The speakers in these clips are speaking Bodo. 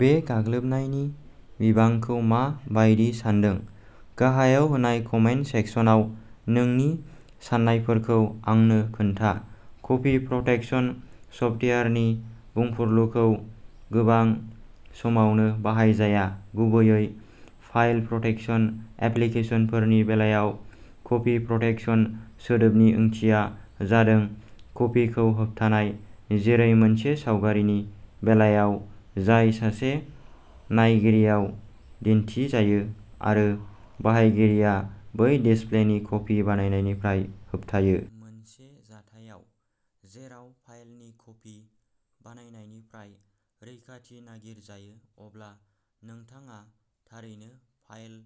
बे गाग्लोबनायनि बिबांखौ मा बायदि सानदों? गाहायाव होनाय कमेन्ट सेक्सनाव नोंनि साननायफोरखौ आंनो खोन्था। कपि प्रटेक्शन सफ्टवेयारनि बुंफुरलुखौ गोबां समावनो बाहायजाया, गुबैयै फाइल प्रटेक्शन एप्लिकेसनफोरनि बेलायाव। "कपि प्रटेक्शन" सोदोबनि ओंथिया जादों कपिखौ होबथानाय जेरै मोनसे सावगारिनि बेलायाव जाय सासे नायगिरियाव दिन्थिजायो आरो बाहायगिरिया बै डिसप्लेनि कपि बानायनायनिफ्राय होबथायो। मोनसे जाथायाव जेराव फाइलनि कपि बानायनायनिफ्राय रैखाथि नागिरजायो, अब्ला नोंथाङा थारैनो फाइल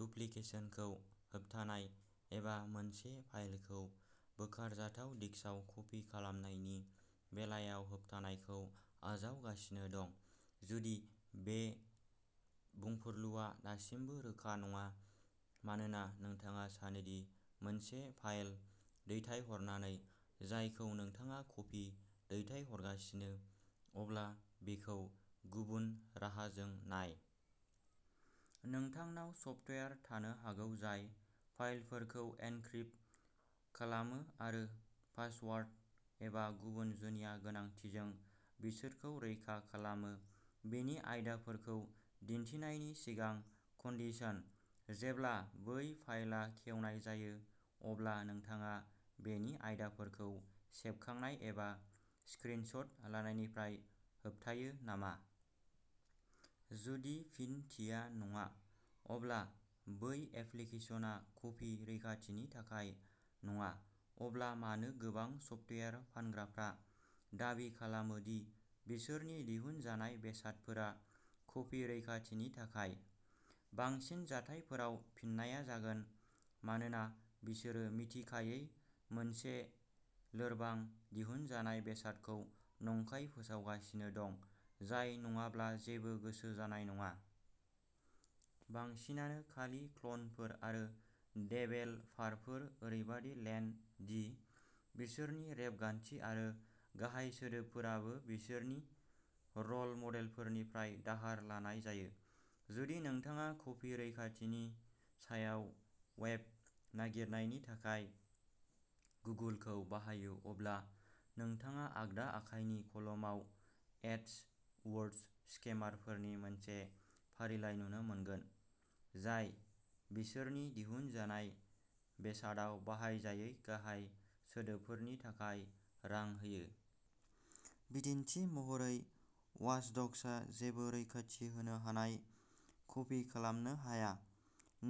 डुप्लिकेशनखौ होबथानाय एबा मोनसे फाइलखौ बोखारजाथाव डिस्कआव कपि खालामनायनि बेलायाव होबथानायखौ आजावगासिनो दं। जुदि बे बुंफुरलुआ दासिमबो रोखा नङा मानोना नोंथाङा सानो दि मोनसे फाइल दैथायहरनानै जायखौ नोंथाङा कपि दैथायहरगासिनो, अब्ला बेखौ गुबुन राहाजों नाय। नोंथांनाव सफ्टवेयार थानो हागौ जाय फाइलफोरखौ एनक्रिप्ट खालामो आरो पासवार्ड एबा गुबुन जुनिया गोनांथिजों बिसोरखौ रैखा खालामो। बेनि आयदाफोरखौ दिन्थिनायनि सिगां कन्डिशन। जेब्ला बै फाइलआ खेवनाय जायो, अब्ला नोंथाङा बेनि आयदाफोरखौ सेबखांनाय एबा स्क्रिन शट लानायनिफ्राय होबथायो नामा? जुदि फिनथिया "नङा" अब्ला बै एप्लिकेशनआ कपि रैखाथिनि थाखाय नङा। अब्ला मानो गोबां सफ्टवेयार फानग्राफ्रा दाबि खालामो दि बिसोरनि दिहुनजानाय बेसादफोरा कपि रैखाथिनि थाखाय? बांसिन जाथायफोराव फिननाया जागोन मानोना बिसोरो मिथिखायै मोनसे लोरबां दिहुनजानाय बेसादखौ नंखाय फोसावगासिनो दं, जाय नङाब्ला जेबो गोसो जानाय नङा। बांसिनानो खालि क्ल'नफोर आरो देभेलपारफोर, ओरैबादि लेन्द'दि बिसोरनि रेबगान्थि आरो गाहाय सोदोबफोराबो बिसोरनि रल मडेलफोरनिफ्राय दाहार लानाय जायो। जुदि नोंथाङा "कपि रैखाथि" नि सायाव वेब नागिरनायनि थाखाय गुगोलखौ बाहायो, अब्ला नोंथाङा आगदा आखाइनि कलमाव एडवर्ड्स स्केमारफोरनि मोनसे फारिलाइ नुनो मोनगोन, जाय बिसोरनि दिहुनजानाय बेसादाव बाहायजायै गाहाय सोदोबफोरनि थाखाय रां होयो। बिदिन्थि महरै, वाचडक्सआ जेबो रैखाथि होनो हानाय कपि खालामनो हाया,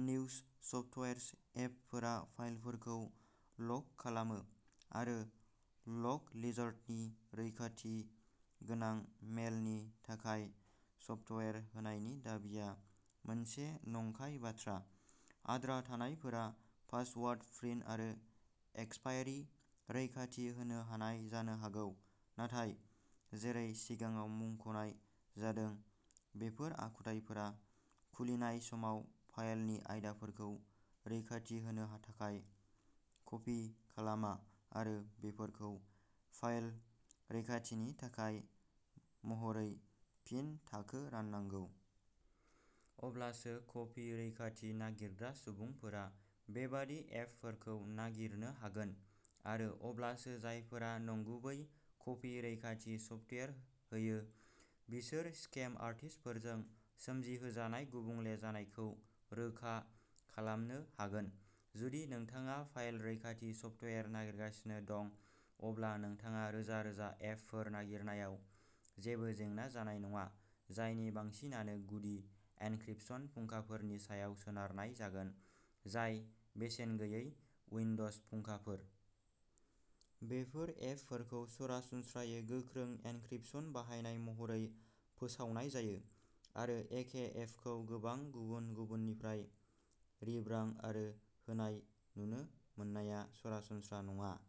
निउसफ्टवेर्स एपफोरा फाइलफोरखौल'लक खालामो। आरो लकलिजार्डनि रैखाथि गोनां मेलनि थाखाय सफ्टवेयार होनायनि दाबिआ मोनसे नंखाय बाथ्रा। आद्रा थानायफोरा पासवार्ड, प्रिन्ट आरो एक्सपायरि रैखाथि होनो हानाय जानो हागौ, नाथाय जेरै सिगाङाव मुंख'नाय जादों बेफोर आखुथायफोरा खुलिनाय समाव फाइलनि आयदाफोरखौ रैखाथि होनो थाखाय कपि खालामा आरो बेफोरखौ फाइल रैखाथिनि थाखाय महरै फिन थाखो राननांगौ। अब्लासो कपि रैखाथि नागिरग्रा सुबुंफोरा बेबादि एपफोरखौ नागिरनो हागोन, आरो अब्लासो जायफोरा नंगुबै कपि रैखाथि सफ्टवेयार होयो बिसोर स्केम आर्टिस्टफोरजों सोमजिहोजानाय गुबुंले जानायखौ रोखा खालामनो हागोन। जुदि नोंथाङा फाइल रैखाथि सफ्टवेयार नागिरगासिनो दं अब्ला नोंथाङा रोजा-रोजा एपफोर नागिरनायाव जेबो जेंना जानाय नङा, जायनि बांसिनानो गुदि एनक्रिप्शन फुंखाफोरनि सायाव सोनारनाय जागोन जाय बेसेन गैयै उइन्ड'ज फुंखाफोर। बेफोर एपफोरखौ सरासनस्रायै गोख्रों एनक्रिप्शन बाहायनाय महरै फोसावनाय जायो आरो एखे एपखौ गोबां गुबुन गुबुननिफ्राय रिब्रांड आरो होनाय नुनो मोननाया सरासनस्रा नङा।